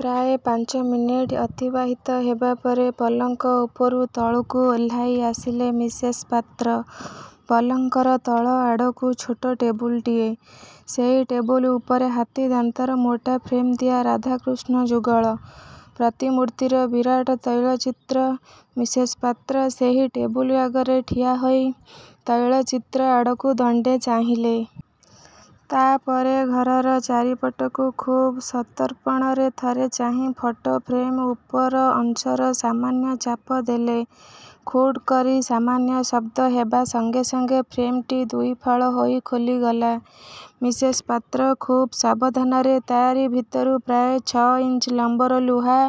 ପ୍ରାୟ ପାଞ୍ଚ ମିନିଟ୍ ଅତିବାହିତ ହେବା ପରେ ପଲଙ୍କ ଉପରୁ ତଳକୁ ଓହ୍ଲାଇ ଆସିଲେ ମିସେସ୍ ପାତ୍ର। ପଲଙ୍କର ତଳ ଆଡ଼କୁ ଛୋଟ ଟେବୁଲଟିଏ। ସେଇ ଟେବୁଲ ଉପରେ ହାତୀ ଦାନ୍ତର ମୋଟା ଫ୍ରେମ୍ଦିଆ ରାଧାକୃଷ୍ଣ ଯୁଗଳ ପ୍ରତିମୂର୍ତ୍ତିର ବିରାଟ ତୈଳଚିତ୍ର। ମିସେସ୍ ପାତ୍ର ସେଇ ଟେବୁଲ୍ ଆଗରେ ଠିଆ ହୋଇ ତୈଳଚିତ୍ର ଆଡ଼କୁ ଦଣ୍ଡେ ଚାହିଁଲେ। ତା'ପରେ ଘରର ଚାରିପଟକୁ ଖୁବ୍ ସନ୍ତର୍ପଣରେ ଥରେ ଚାହିଁ ଫଟୋ ଫ୍ରେମ୍ର ଉପର ଅଂଶରେ ସାମାନ୍ୟ ଚାପ ଦେଲେ। 'ଖୁଟ୍' କରି ସାମାନ୍ୟ ଶବ୍ଦ ହେବା ସଙ୍ଗେ ସଙ୍ଗେ ଫ୍ରେମ୍ଟି ଦୁଇଫାଳ ହୋଇ ଖୋଲିଗଲା-। ମିସେସ୍ ପାତ୍ର ଖୁବ୍ ସାବଧାନରେ ତା'ରି ଭିତରୁ ପ୍ରାୟ ଛଅଇଞ୍ଚ ଲମ୍ବର ଲୁହା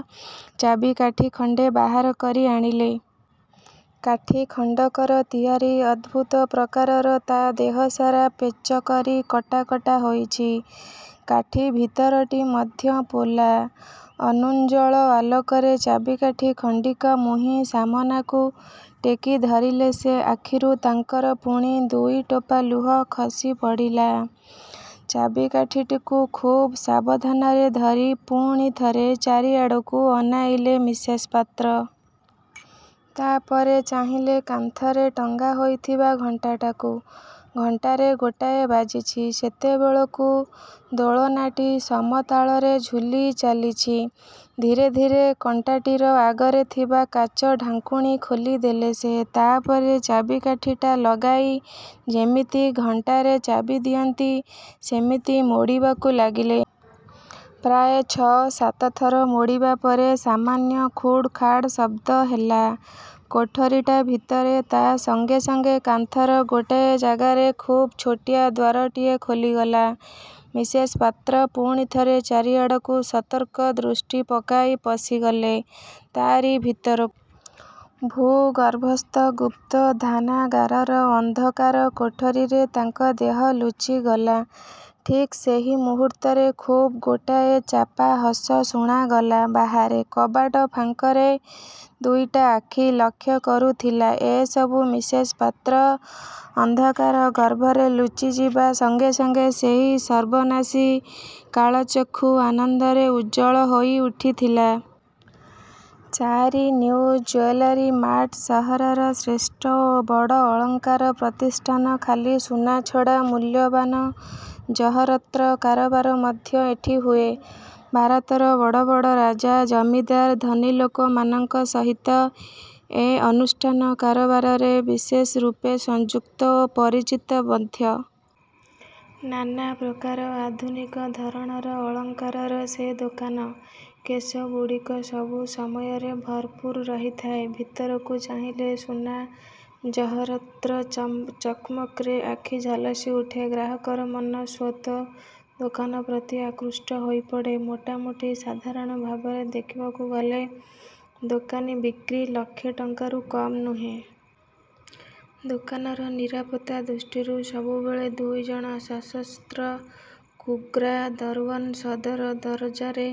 ଚାବିକାଠି ଖଣ୍ଡେ ବାହାର କରି ଆଣିଲେ। କାଠି ଖଣ୍ଡିକର ତିଆରି ଅଦ୍ଭୁତ ପ୍ରକାରର। ତା' ଦେହସାରା ପେଚ ପରି କଟା କଟା ହୋଇଛି। କାଠି ଭିତରଟି ମଧ୍ୟ ପୋଲା। ଅନୁଜ୍ଜ୍ୱଳ ଆଲୋକରେ ଚାବିକାଠି ଖଣ୍ଡିକ ମୁହଁ ସାମନାକୁ ଟେକି ଧରିଲେ ସେ। ଆଖିରୁ ତାଙ୍କର ପୁଣି ଦୁଇଟୋପା ଲୁହ ଖସି ପଡ଼ିଲା-। ଚାବିକାଠିକୁ ଖୁବ୍ ସାବଧାନରେ ଧରି ପୁଣି ଥରେ ଚାରିଆଡ଼କୁ ଅନାଇଲେ ମିସେସ୍ ପାତ୍ର। ତା'ପରେ ଚାହିଁଲେ କାନ୍ଥରେ ଟଙ୍ଗା ହୋଇଥିବା ଘଣ୍ଟାଟାକୁ। ଘଣ୍ଟାରେ ଗୋଟାଏ ବାଜିଛି ସେତେବେଳକୁ। ଦୋଳନାଟି ସମତାଳରେ ଝୁଲି ଚାଲିଛି। ଧୀରେ ଧୀରେ ଘଣ୍ଟାଟିର ଆଗରେ ଥିବା କାଚ ଢାଙ୍କୁଣୀ ଖୋଲି ଦେଲେ ସେ। ତା'ପରେ ଚାବିକାଠିଟା ଲଗାଇ ଯେମିତି ଘଣ୍ଟାରେ ଚାବି ଦିଅନ୍ତି, ସେମିତି ମୋଡ଼ିବାକୁ ଲାଗିଲେ। ପ୍ରାୟ ଛଅ ସାତ ଥର ମୋଡ଼ିବା ପରେ ସାମାନ୍ୟ ଖୁଡ଼୍ ଖାଡ଼୍ ଶବ୍ଦହେଲା କୋଠରୀଟା ଭିତରେ। ତା' ସଙ୍ଗେ ସଙ୍ଗେ କାନ୍ଥର ଗୋଟାଏ ଜାଗାରେ ଖୁବ୍ ଛୋଟିଆ ଦ୍ୱାରଟାଏ ଖୋଲିଗଲା। ମିସେସ୍ ପାତ୍ର ପୁଣି ଥରେ ଚାରିଆଡ଼କୁ ସତର୍କ ଦୃଷ୍ଟି ପକାଇ ପଶିଗଲେ ତା'ରି ଭିତରକୁ। ଭୂ ଗର୍ଭସ୍ଥ ଗୁପ୍ତ ଧନାଗାରର ଅନ୍ଧକାର କୋଠରୀରେ ତାଙ୍କ ଦେହ ଲୁଚିଗଲା। ଠିକ୍ ସେଇ ମୁହୂର୍ତ୍ତରେ ଖୁବ୍ ଗୋଟାଏ ଚାପା ହସ ଶୁଣାଗଲା ବାହାରେ। କବାଟ ଫାଙ୍କରେ ଦୁଇଟା ଆଖି ଲକ୍ଷ୍ୟ କରୁଥିଲା ଏ ସବୁ। ମିସେସ୍ ପାତ୍ର ଅନ୍ଧକାର ଗର୍ଭରେ ଲୁଚିଯିବା ସଙ୍ଗେ ସଙ୍ଗେ ସେଇ ସର୍ବନାଶୀ କାଳଚକ୍ଷୁ ଆନନ୍ଦରେ ଉଜ୍ଜ୍ୱଳ ହୋଇ ଉଠିଥିଲା। -ଚାରି- ନିଉ ଜୁଏଲାରୀ ମାର୍ଟ ସହରର ଶ୍ରେଷ୍ଠ ଓ ବଡ଼ ଅଳଙ୍କାର ପ୍ରତିଷ୍ଠାନ। ଖାଲି ସୁନା ଛଡ଼ା ମୂଲ୍ୟବାନ ଜହରତ୍ର କାରବାର ମଧ୍ୟ ଏଠି ହୁଏ। ଭାରତର ବଡ଼ ବଡ଼ ରାଜା, ଜମିଦାର, ଧନୀଲୋକମାନଙ୍କ ସହିତ ଏ ଅନୁଷ୍ଠାନ କାରବାରରେ ବିଶେଷରୂପେ ସଂଯୁକ୍ତ ଓ ପରିଚିତ ମଧ୍ୟ। ନାନା ପ୍ରକାର ଆଧୁନିକ ଧରଣର ଅଳଙ୍କାରର ସେ ଦୋକାନ। କେଶ୍ଗୁଡ଼ିକ ସବୁ ସମୟରେ ଭରପୂର ରହିଥାଏ। ଭିତରକୁ ଚାହିଁଲେ ସୁନା ଜହରତ୍ର ଚକ୍ମକ୍ରେ ଆଖି ଝଲସି ଉଠେ; ଗ୍ରାହକର ମନ ସ୍ୱତଃ ଦୋକାନପ୍ରତି ଆକୃଷ୍ଟ ହୋଇପଡ଼େ। ମୋଟାମୋଟି ସାଧାରଣ ଭାବରେ ଦେଖିବାକୁ ଗଲେ ଦୋକାନରେ ବିକ୍ରୀ ଲକ୍ଷେ ଟଙ୍କାରୁ କମ୍ ନୁହେଁ। ଦୋକାନର ନିରାପତ୍ତା ଦୃଷ୍ଟିରୁ ସବୁବେଳେ ଦୁଇଜଣ ସଶସ୍ତ୍ର ଗୁର୍ଖା ଦରଓ୍ୱାନ୍ ସଦର ଦରଜାରେ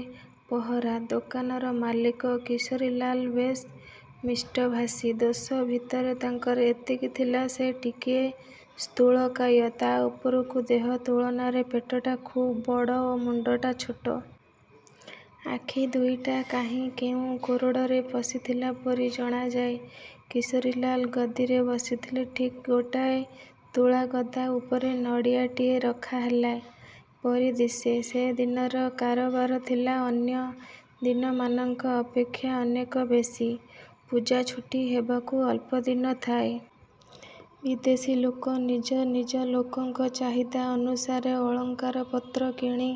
ପହରା। ଦୋକାନର ମାଲିକ କିଶୋରୀଲାଲ ବେଶ୍ ମିଷ୍ଟଭାଷୀ। ଦୋଷ ଭିତରେ ତାଙ୍କର ଏତିକି ଥିଲା, ସେ ଟିକିଏ ସ୍ଥୂଳକାୟ। ତା' ଉପରକୁ ଦେହ ତୁଳନାରେ ପେଟଟା ଖୁବ୍ ବଡ଼ ଓ ମୁଣ୍ଡଟା ଛୋଟ। ଆଖି ଦୁଇଟା କାହିଁ କେଉଁ କୋରଡ଼ରେ ପଶିଥିଲା ପରି ଜଣାଯାଏ। କିଶୋରୀଲାଲ ଗଦିରେ ବସିଥିଲେ ଠିକ୍ ଗୋଟାଏ ତୁଳାଗଦା ଉପରେ ନଡ଼ିଆଟିଏ ରଖାହେଲା ପରି ଦିଶେ। ସେଦିନର କାରବାର ଥିଲା ଅନ୍ୟ ଦିନମାନଙ୍କ ଅପେକ୍ଷା ଅନେକ ବେଶୀ। ପୂଜା ଛୁଟି ହେବାକୁ ଅଳ୍ପ ଦିନ ଥାଏ। ବିଦେଶୀ ଲୋକେ ନିଜ ନିଜ ଲୋକଙ୍କ ଚାହିଦା ଅନୁସାରେ ଅଳଙ୍କାର ପତ୍ର କିଣି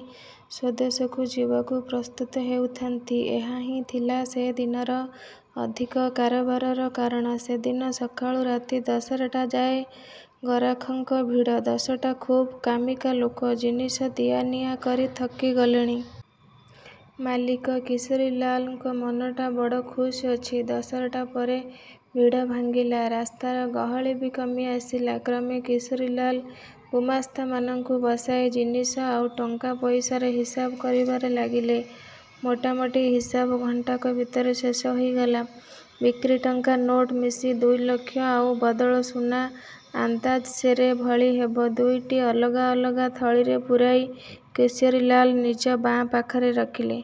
ସ୍ୱଦେଶକୁ ଯିବାକୁ ପ୍ରସ୍ତୁତ ହେଉଥାନ୍ତି। ଏହାହିଁ ଥିଲା ସେ ଦିନର ଅଧିକ କାରବାରର କାରଣ। ସେଦିନ ସକାଳୁ ରାତି ଦଶଟାଯାଏ ଗରାଖଙ୍କ ଭିଡ଼। ଦଶଟା ଖୁବ୍ କାମିକା ଲୋକ ଜିନିଷ ଦିଆ ନିଆ କରି ଥକି ଗଲେଣି। ମାଲିକ କିଶୋରୀଲାଲଙ୍କ ମନଟା ବଡ଼ ଖୁସ୍ ଅଛି। ଦଶଟା ପରେ ଭିଡ଼ ଭାଙ୍ଗିଲା। ରାସ୍ତାର ଗହଳି ବି କମି ଆସିଲା କ୍ରମେ। କିଶୋରୀଲାଲ ଗୁମାସ୍ତାମାନଙ୍କୁ ବସାଇ ଜିନିଷ ଆଉ ଟଙ୍କା ପଇସାର ହିସାବ କରିବାରେ ଲାଗିଲେ-। ମୋଟାମୋଟି ହିସାବ ଘଣ୍ଟାକ ଭିତରେ ଶେଷ ହୋଇଗଲା। ବିକ୍ରି ଟଙ୍କା ନୋଟ ମିଶି ଦୁଇଲକ୍ଷ, ଆଉ ବଦଳ ସୁନା ଅନ୍ଦାଜ ସେରେ ଭଳି ହେବ ଦୁଇଟା ଅଲଗା ଅଲଗା ଥଳିରେ ପୂରାଇ କିଶୋରୀଲାଲ ନିଜ ବାଆଁ ପାଖରେ ରଖିଲେ।